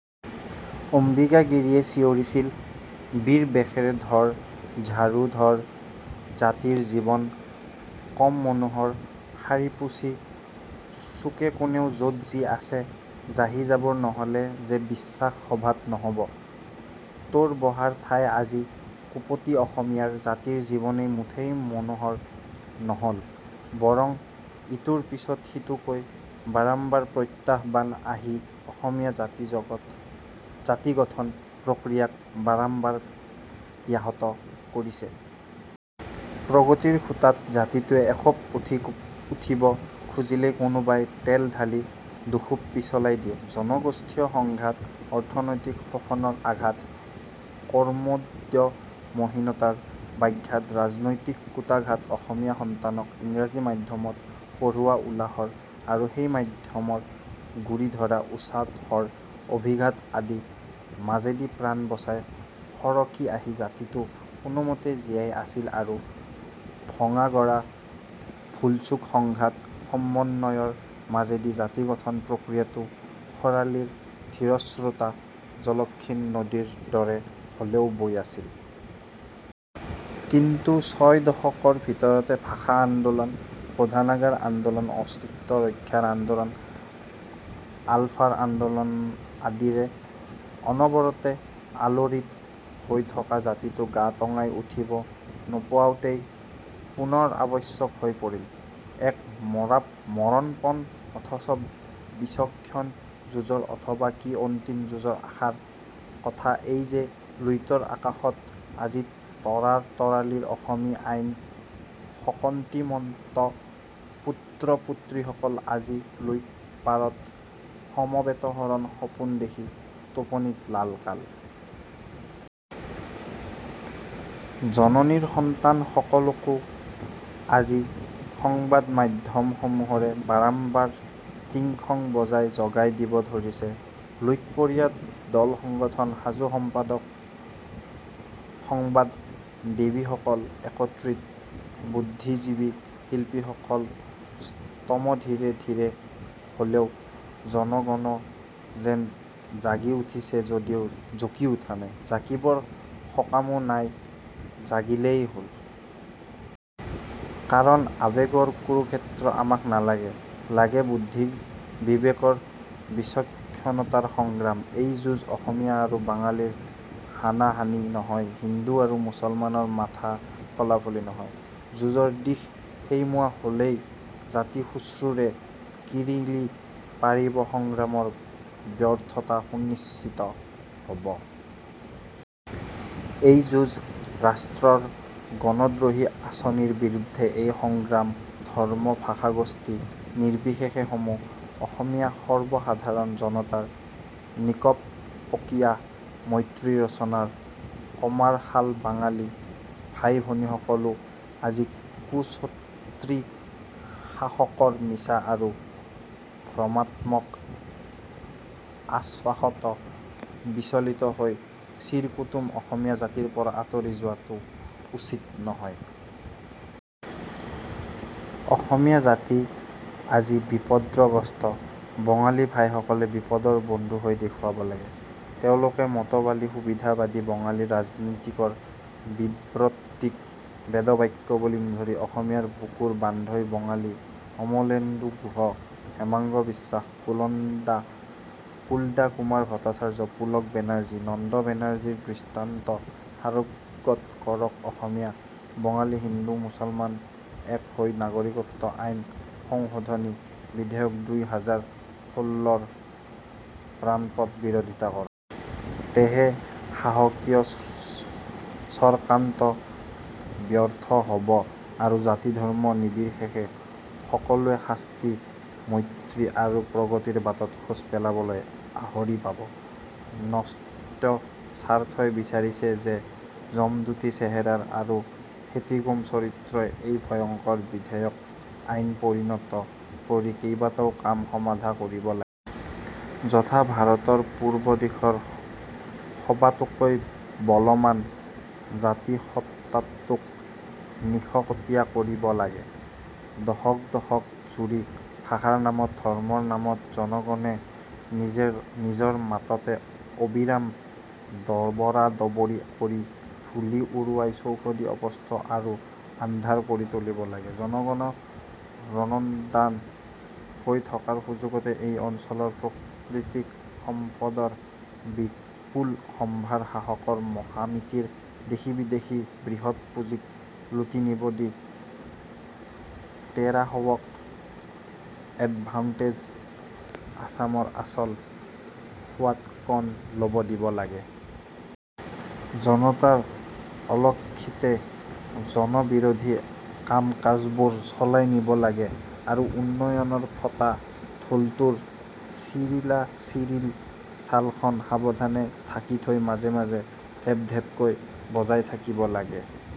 অম্বিকাগিৰীয়ে চিঞৰিছিল বীৰ বেশেৰে ধৰ ঝাড়ু ধৰ জাতিৰ জীৱন কম মনোহৰ সাৰিপুছি চুকেকোণে যত যি আছে জাহিজাবৰ নহলে যে বিশ্বসভাত নহব। তোৰ বহাৰ ঠাই আজি কোপতি অসমীয়া জাতিৰ জীৱন মুঠেই মনোহৰ নহল। বৰং ইটোৰ পিছত সিটোকৈ বাৰম্বাৰ প্ৰত্যাহ্বান আহি অসমীয়া জাতিগঠন প্ৰক্ৰিয়াক বাৰম্বাৰ ব্যাহত কৰিছে। প্ৰগতিৰ খুঁটাত জাতিটোৱে এখোপ উঠিব খুজিলেই কোনোবাই তেল ঢালি দুখোপ পিছলাই দিয়ে। জনগোষ্ঠীয় সংঘাত অৰ্থনৈতিক শোষণৰ আঘাত কৰ্মোদ্যমহীনতাৰ ব্যাঘাত ৰাজনৈতিক কূটাঘাত অসমীয়া সন্তানক ইংৰাজী মাধ্যমত পঢ়ুওৱা উলাহৰ আৰু সেই মাধ্যমৰ গুৰি ধৰা উছাহৰ অভিঘাত আদিৰ মাজেদি প্ৰাণ বচাই সৰকি আহি জাতিটো কোনোমতে জীয়াই আছিল আৰু ভঙাগঢ়া ভুলচুক সংঘাত সমন্বয়ৰ মাজেদি জাতিগঠন প্ৰক্ৰিয়াটোৱো খৰালিৰ ধীৰস্ৰোতা জলক্ষীণ নদীৰ দৰে হলেও বৈ আছিল। কিন্তু ছয় দশকৰ ভিতৰতে ভাষা আন্দোলন শোধনাগাৰ আন্দোলন অস্তিত্ব ৰক্ষাৰ আন্দোলন আলফাৰ আন্দোলন আদিৰে অনবৰতে আলোড়িত হৈ থকা জাতিটো গা টঙাই উঠিব নৌপাওঁতেই পুনৰ আৱশ্যক হৈ পৰিল। এক মৰণপণ অথচ বিচক্ষণ যুঁজৰ অথবা কি অন্তিম যুঁজৰ আশাৰ কথা এই যে লুইতৰ আকাশত আজি তৰাৰ তৰাৱলী অসমী আইৰ শকতিমন্ত পুত্ৰ-পুত্ৰীসকল আজি লুইতপাৰত সমবেতসোণৰ সপোন দেখি টোপনিত লালকাল। জননীৰ সন্তান সকলোকো আজি সংবাদ মাধ্যমসমূহে বাৰম্বাৰ টিংখং বজাই জগাই দিব ধৰিছে লুইতপৰীয়া দলসংগঠন সাজু সম্পাদক সংবাদ সেৱীসকল একত্ৰিত বুদ্ধিজীৱী শিল্পীসকল সষ্টমধীৰে ধীৰে হলেও জনগণো যেন জাগি উঠিছে যদিও জঁকি উঠা নাই। জঁকিবৰ সকামো নাই জাগিলেই হল। কাৰণ আৱেগৰ কুৰুক্ষেত্ৰ আমাক নালাগে লাগে বুদ্ধিৰ বিবেকৰ বিচক্ষণতাৰ সংগ্ৰাম। এই যুঁজ অসমীয়া আৰু বাঙালীৰ হানাহানি নহয় হিন্দু আৰু মুছলমানৰ মাথা ফলাফলি নহয়। যুঁজৰ দিশ সেইমুৱা হলেই জাতিশত্ৰুৱুৱে কিৰিলি পাৰিব সংগ্ৰামৰ ব্যৰ্থতা সুনিশ্চিত হব। এই যুঁজ ৰাষ্ট্ৰৰ গণদ্ৰোহী আঁচনিৰ বিৰুদ্ধে এই সংগ্ৰাম ধৰ্মভাষাগোষ্ঠী নিৰ্বিশেষে সমূহ অসমবাসী সৰ্বসাধাৰণ জনতাৰ নিকপকপীয়া মৈত্ৰী ৰচনাৰ কমাৰশালবাঙালী ভাইভনীসকলো আজি কুচক্ৰী শাসকৰ মিছা আৰু ভ্ৰমাত্মক আশ্বাসত বিচলিত হৈ চিৰকুটুম অসমীয়া জাতিৰ পৰা আঁতৰি যোৱা উচিত নহয়। অসমীয়া জাতি আজি বিপদগ্ৰস্ত, বাঙালী ভাইসকলে বিপদৰ বন্ধু হৈ দেখুৱাব লাগে। তেওঁলোকে মতলবী সুবিধাবাদী বাঙালী ৰাজনীতিকৰ বিবৃতিক বেদবাক্য বুলি নধৰি অসমীয়াৰ বুকুৰ বান্ধৈ বাঙালী অমলেন্দু গুহ, হেমাংগ বিশ্বাস, কুলদা কুমাৰ ভট্টাচাৰ্য, পুলক বেনাৰ্জী, নন্দ বেনাৰ্জীৰ দৃষ্টান্ত সাৰোগত কৰক অসমীয়া, বাঙালী হিন্দু-মুছলমান এক হৈ নাগৰিকত্ব আইন সংশোধনী বিধেয়ক দুই হাজাৰ ষোল্ল ৰ প্ৰাণপণ বিৰোধিতা কৰক। তেহে শাসকীয় চক্ৰান্ত ব্যৰ্থ হব আৰু জাতিধৰ্ম নিৰ্বিশেষে সকলোৱে শান্তি মৈত্ৰী আৰু প্ৰগতিৰ বাটত খোজ পেলাবলৈ আহৰি পাব। ন্যস্ত স্বাৰ্থই বিচাৰিছে যে যমদূতী চেহেৰাৰ আৰু ফেঁটীগোম চৰিত্ৰৰ এই ভয়ংকৰ বিধেয়ক আইনত পৰিণত কৰি কেবাটাও কাম সমাধা কৰিব লাগে। যথা ভাৰতৰ পূৰ্বদিশৰ সবাতোকৈ বলবান জাতিসত্ত্বাটোক নিশকতীয়া কৰিব লাগে। দশকদশক জুৰি ভাষাৰ নামত ধৰ্মৰ নামত জনগণে নিজৰ মাজতে অবিৰাম দবৰাদবৰি কৰি ধূলি উৰুৱাই চৌদিশ অস্পষ্ট আৰু আন্ধাৰ কৰি তুলিব লাগে। জনগণ ৰণোন্মাদ হৈ থকাৰ সুযোগতে এই অঞ্চলৰ প্ৰাকৃতিক সম্পদৰ বিপুল সম্ভাৰ শাসকৰ মহামিতিৰ দেশী-বিদেশী বৃহৎ পুঁজিক লুটি নিব দি তেৰাসৱক এডভাণ্টেইজ্ আছামৰ আচল সোৱাদকণ লব দিব লাগে। জনতাৰ অলক্ষিতে জনবিৰোধী কামকাজবোৰ চলাই নিব লাগে আৰু উন্নয়নৰ ফটা ঢোলটোৰ ছিৰিলাছিৰিল ছালখন সাৱধানে ঢাকি থৈ মাজে মাজে ধেপ্ধেপকৈ বজাই থাকিব লাগে।